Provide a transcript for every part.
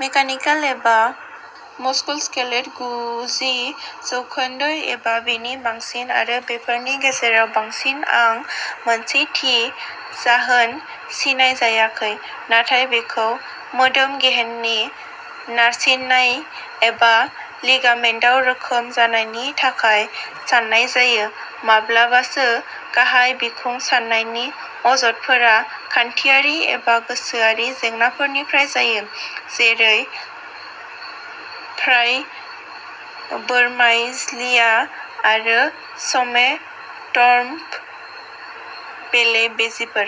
Mechanical एबा मस्कुलस्केलेट गुजि जौखोन्दो एबा बेनि बांसिन, आरो बेफोरनि गेजेराव बांसिन आं मोनसे थि जाहोन सिनायजायाखै, नाथाय बेखौ मोदोम गेहेननि नारसिननाय एबा लिगामेन्टआव रोखोम जानायनि थाखाय साननाय जायो। माब्लाबासो गाहाय बिखुं साननायनि अजदफोरा खान्थियारि एबा गोसोआरि जेंनाफोरनिफ्राय जायो, जेरै फ्राइबोरमाइल्जिया आरो स'मेटोफर्म बेले-बेजेफोर।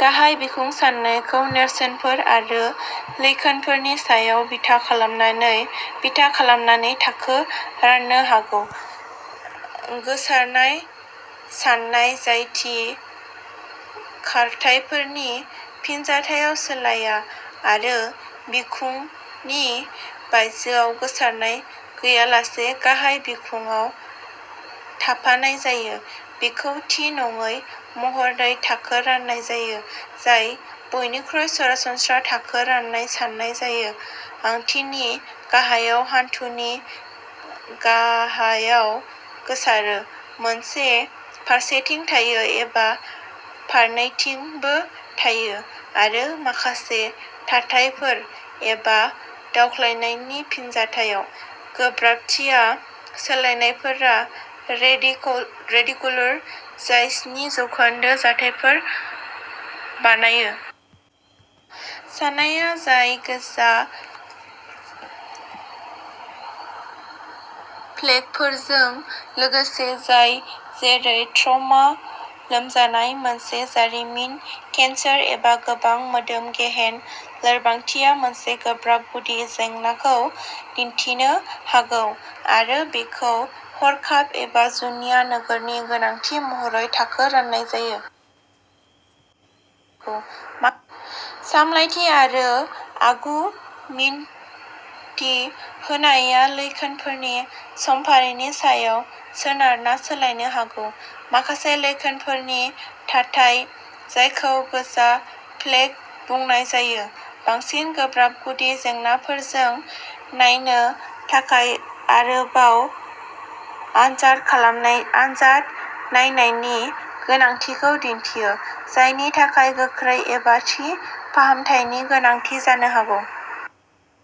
गाहाय बिखुं साननायखौ नेरसोनफोर आरो लैखोनफोरनि सायाव बिथा खालामनानै बिथा खालामनानै थाखो राननो हागौ। गोसारनाय साननाय जाय थि खारथाइफोरनि फिनजाथायाव सोलाया आरो बिखुंनि बायजोआव गोसारनाय गैयालासे गाहाय बिखुंआव थाफानाय जायो, बेखौ थि नङै महरै थाखो राननाय जायो, जाय बयनिख्रुइ सरासनस्रा थाखो राननाय साननाय जायो आथिंनि गाहायाव हान्थुनि गाहायाव गोसारो, मोनसे फारसेथिं थायो एबा फारनैथिंबो थायो आरो माखासे थाथायफोर एबा दावख्लायनायनि फिनजाथायाव गोब्राबथिया सोलायनायफोरा रेडिकुल रेडिकुलार, जाय स्नि जौखोन्दो जाथायफोर बानायो। सानाया जाय गोजा फ्लेगफोरजों लोगोसे जाय जेरै ट्रमा, लोमजानाय, मोनसे जारिमिन केन्सार एबा गोबां मोदोम-गेहेन लोरबांथिया मोनसे गोब्राब गुदि जेंनाखौ दिन्थिनो हागौ आरो बेखौ हरखाब एबा जुनिया नोजोरनि गोनांथि महरै थाखो राननाय जायो। सामलायथि आरो आगु मिन्थि होनाया लैखोनफोरनि समफारिनि सायाव सोनारना सोलायनो हागौ। माखासे लैखोनफोरनि थाथाय, जायखौ गोजा फ्लेग बुंनाय जायो, बांसिन गोब्राब गुदि जेंनाफोरखौ नायनो थाखाय आरोबाव आनजाद खालामनाय आनजाद नायनायनि गोनांथिखौ दिन्थियो, जायनि थाखाय गोख्रै एबा थि फाहामथायनि गोनांथि जानो हागौ।